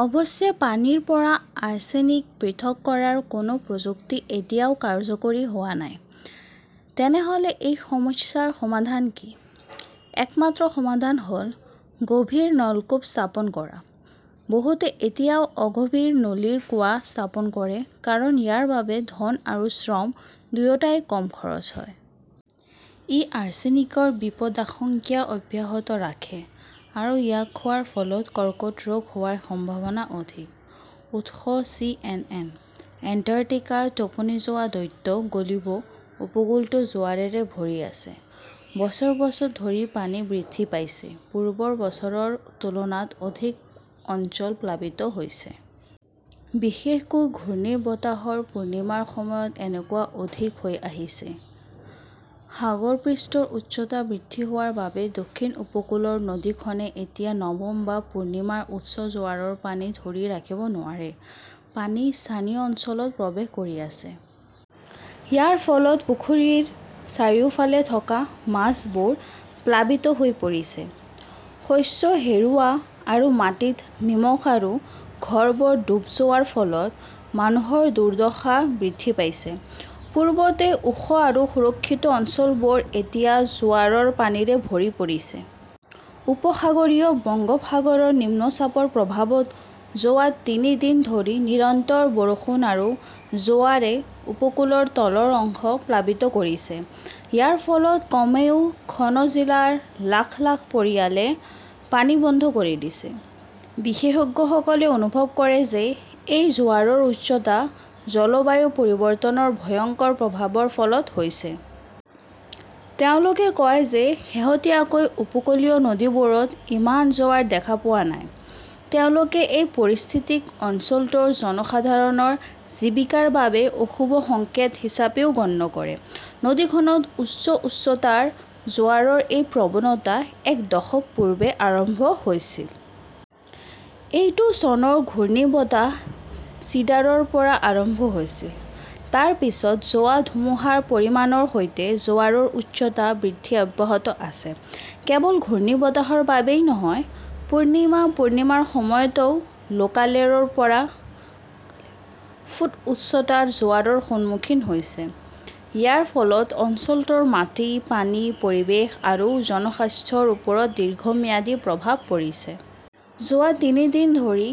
অৱশ্যে, পানীৰ পৰা আৰ্ছেনিক পৃথক কৰাৰ কোনো প্ৰযুক্তি এতিয়াও কাৰ্যকৰী হোৱা নাই। তেনেহ "লে এই সমস্যাৰ সমাধান কি? একমাত্ৰ সমাধান হ "ল গভীৰ নলকূপ স্থাপন কৰা। বহুতে এতিয়াও অগভীৰ নলীৰ কুঁৱা স্থাপন কৰে কাৰণ ইয়াৰ বাবে ধন আৰু শ্ৰম দুয়োটাই কম খৰচ হয়। ই আৰ্ছেনিকৰ বিপদাশংকা অব্যাহত ৰাখে, আৰু ইয়াক খোৱাৰ ফলত কৰ্কট ৰোগ হোৱাৰ সম্ভাৱনা অধিক। উৎসঃ চিএনএন। এণ্টাৰ্কটিকাৰ 'টোপনি যোৱা দৈত্য' গলিব উপকূলটো জোৱাৰেৰে ভৰি আছে। বছৰ বছৰ ধৰি পানী বৃদ্ধি পাইছে, পূৰ্বৰ বছৰৰ তুলনাত অধিক অঞ্চল প্লাবিত হৈছে। বিশেষকৈ ঘূৰ্ণীবতাহৰ পূৰ্ণিমাৰ সময়ত এনেকুৱা অধিক হৈ আহিছে। সাগৰ পৃষ্ঠৰ উচ্চতা বৃদ্ধি হোৱাৰ বাবে দক্ষিণ উপকূলৰ নদীখনে এতিয়া নৱম বা পূৰ্ণিমাৰ উচ্চ জোৱাৰৰ পানী ধৰি ৰাখিব নোৱাৰে। পানী স্থানীয় অঞ্চলত প্ৰৱেশ কৰি আছে। ইয়াৰ ফলত পুখুৰীৰ চাৰিওফালে থকা মাছবোৰ প্লাবিত হৈ পৰিছে; শস্য হেৰুওৱা আৰু মাটিত নিমখ আৰু ঘৰবোৰ ডুব যোৱাৰ ফলত মানুহৰ দুৰ্দশা বৃদ্ধি পাইছে। পূৰ্বতে ওখ আৰু সুৰক্ষিত অঞ্চলবোৰো এতিয়া জোৱাৰৰ পানীৰে ভৰি পৰিছে। উপসাগৰীয় বংগোপসাগৰৰ নিম্নচাপৰ প্ৰভাৱত যোৱা তিনি দিন ধৰি নিৰন্তৰ বৰষুণ আৰু জোৱাৰে উপকূলৰ তলৰ অংশ প্লাবিত কৰিছে। ইয়াৰ ফলত কমেও খন জিলাৰ লাখ লাখ পৰিয়ালে পানী বন্ধ কৰি দিছে। বিশেষজ্ঞসকলে অনুভৱ কৰে যে এই জোৱাৰৰ উচ্চতা জলবায়ু পৰিৱৰ্তনৰ ভয়ংকৰ প্ৰভাৱৰ ফলত হৈছে। তেওঁলোকে কয় যে শেহতীয়াকৈ উপকূলীয় নদীবোৰত ইমান জোৱাৰ দেখা পোৱা নাই। তেওঁলোকে এই পৰিস্থিতিক অঞ্চলটোৰ জনসাধাৰণৰ জীৱিকাৰ বাবে অশুভ সংকেত হিচাপেও গণ্য কৰে। নদীখনত উচ্চ উচ্চতাৰ জোৱাৰৰ এই প্ৰৱণতা এক দশক পূৰ্বে আৰম্ভ হৈছিল। এইটো চনৰ ঘূৰ্ণীবতাহ চিডাৰৰ পৰা আৰম্ভ হৈছিল। তাৰ পিছত হোৱা ধুমুহাৰ পৰিমাণৰ সৈতে, জোৱাৰৰ উচ্চতা বৃদ্ধি অব্যাহত আছে। কেৱল ঘূৰ্ণীবতাহৰ বাবেই নহয়, পূৰ্ণিমা-পূৰ্ণিমাৰ সময়তও লোকালে ৰ পৰা ফুট উচ্চতাৰ জোৱাৰৰ সন্মুখীন হৈছে। ইয়াৰ ফলত অঞ্চলটোৰ মাটি, পানী, পৰিৱেশ আৰু জনস্বাস্থ্যৰ ওপৰত দীৰ্ঘম্যাদী প্ৰভাৱ পৰিছে। যোৱা তিনি দিন ধৰি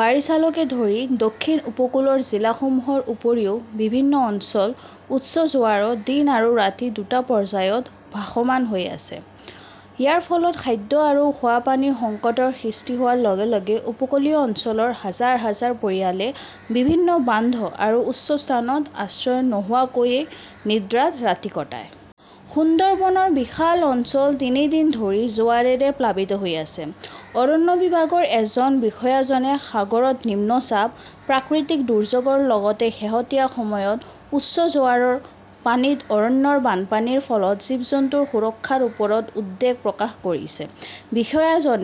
বাৰিছালকে ধৰি দক্ষিণ উপকূলৰ জিলাসমূহৰ উপৰিও বিভিন্ন অঞ্চল উচ্চ জোৱাৰত দিন আৰু ৰাতি দুটা পৰ্যায়ত ভাসমান হৈ আছে। ইয়াৰ ফলত খাদ্য আৰু খোৱা পানীৰ সংকটৰ সৃষ্টি হোৱাৰ লগে লগে উপকূলীয় অঞ্চলৰ হাজাৰ হাজাৰ পৰিয়ালে বিভিন্ন বান্ধ আৰু উচ্চ স্থানত আশ্ৰয় নোহোৱাকৈ নিদ্ৰাত ৰাতি কটায়। সুন্দৰবনৰ বিশাল অঞ্চল তিনি দিন ধৰি জোৱাৰেৰে প্লাবিত হৈ আছে। অৰণ্য বিভাগৰ এজন বিষয়াজনে সাগৰত নিম্ন চাপ, প্ৰাকৃতিক দুৰ্যোগৰ লগতে শেহতীয়া সময়ত উচ্চ জোৱাৰৰ পানীত অৰণ্যৰ বানপানীৰ ফলত জীৱ-জন্তুৰ সুৰক্ষাৰ ওপৰত উদ্বেগ প্ৰকাশ কৰিছে। বিষয়াজনে